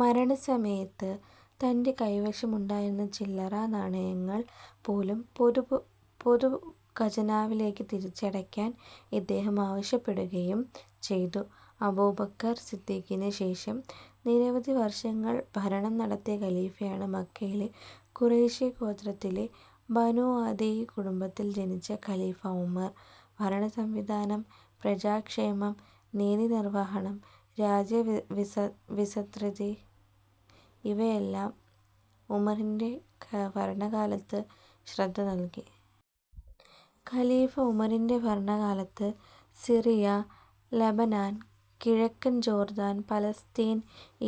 മരണസമയത്ത് തന്റെ കൈവശം ഉണ്ടായിരുന്ന ചില്ലറ നാണയങ്ങൾ പോലും പൊതു ഖജനാവിലേക്ക് തിരിച്ചടയ്ക്കാൻ ഇദ്ദേഹം ആവശ്യപ്പെടുകയും ചെയ്തു. അബൂബക്കർ സിദ്ധീഖിന് ശേഷം നിരവധി വർഷങ്ങൾ ഭരണം നടത്തിയ ഖലീഫയാണ് മക്കയിലെ ഖുറൈഷി ഗോത്രത്തിലെ ബനൂ അദിയ്യ് കുടുംബത്തിൽ ജനിച്ച ഖലീഫ ഉമർ. ഭരണസംവിധാനം, പ്രജാക്ഷേമം, നീതിനിർവഹണം, രാജ്യവിസതൃതി ഇവയിലെല്ലാം ഉമറിന്റെ ഭരണകാലത്ത് ശ്രദ്ധ നൽകി. ഖലീഫ ഉമറിന്റെ ഭരണകാലത്ത് സിറിയ, ലെബനാൻ, കിഴക്കൻ Jordan, Palestine,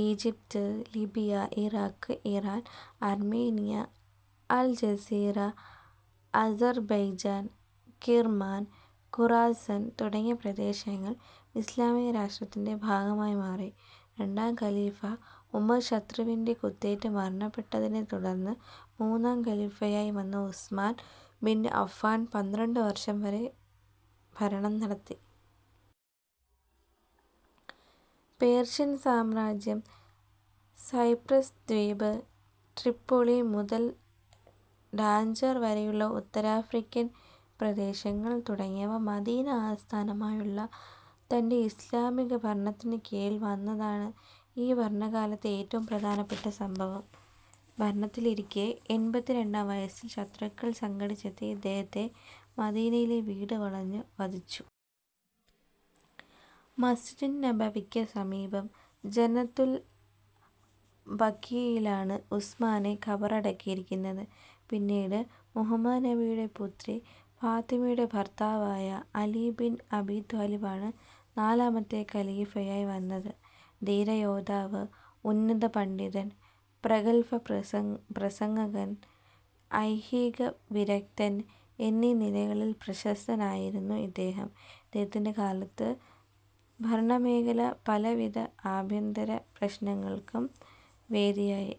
Egypt, Libya, Iraq, Iran, Armenia, Al Jazira, Azerbaijan, Kirman, Khorasan തുടങ്ങിയ പ്രദേശങ്ങൾ ഇസ്ലാമിക രാഷ്ട്രത്തിന്റെ ഭാഗമായി മാറി. രണ്ടാം ഖലീഫ ഉമർ ശത്രുവിന്റെ കുത്തേറ്റ് മരണപെട്ടതിനെ തുടർന്ന് മൂന്നാം ഖലീഫയായി വന്ന ഉസ്മാൻ ബിൻ അഫ്ഫാൻ പന്ത്രണ്ട് വർഷം ഭരണം നടത്തി. പേർഷ്യൻ സാമ്രാജ്യം, സൈപ്രസ് ദ്വീപ്, ട്രിപ്പൊളി മുതൽ ഡാഞ്ചർ വരെയുള്ള ഉത്തരാഫ്രിക്കൻ പ്രദേശങ്ങൾ തുടങ്ങിയവ മദീന ആസ്ഥാനമായുള്ള തന്റെ ഇസ്ലാമിക ഭരണത്തിനു കീഴിൽ വന്നതാണ് ഈ ഭരണകാലത്തെ ഏറ്റവും പ്രധാനപ്പെട്ട സംഭവം. ഭരണത്തിലിരിക്കെ എൺപത്തി രണ്ടാം വയസ്സിൽ ശത്രുക്കൾ സംഘടിച്ചെത്തി ഇദ്ദേഹത്തെ മദീനയിലെ വീട് വളഞ്ഞ് വധിച്ചു. മസ്ജിദുന്നബവിക്ക് സമീപം ജന്നതുൽ ബഖീഇലാണ് ഉസ്മാനെ ഖബറടക്കിയിരിക്കുന്നത്. പിന്നീട് മുഹമ്മദ് നബിയുടെ പുത്രി ഫാത്വിമയുടെ ഭർത്താവായ അലി ബിൻ അബീത്വാലിബ് ആണ് നാലാമത്തെ ഖലീഫയായി വന്നത്. ധീര യോദ്ധാവ്, ഉന്നത പണ്ഡിതൻ, പ്രഗല്ഭ പ്രസംഗകൻ, ഐഹീക വിരക്തൻ എന്നീ നിലകളിൽ പ്രശസ്തനായിരുന്നു ഇദ്ദേഹം. ഇദ്ദേഹത്തിന്റെ കാലത്ത് ഭരണ മേഖല പലവിധ അഭ്യന്തര പ്രശ്നങ്ങൾക്കും വേദിയായി.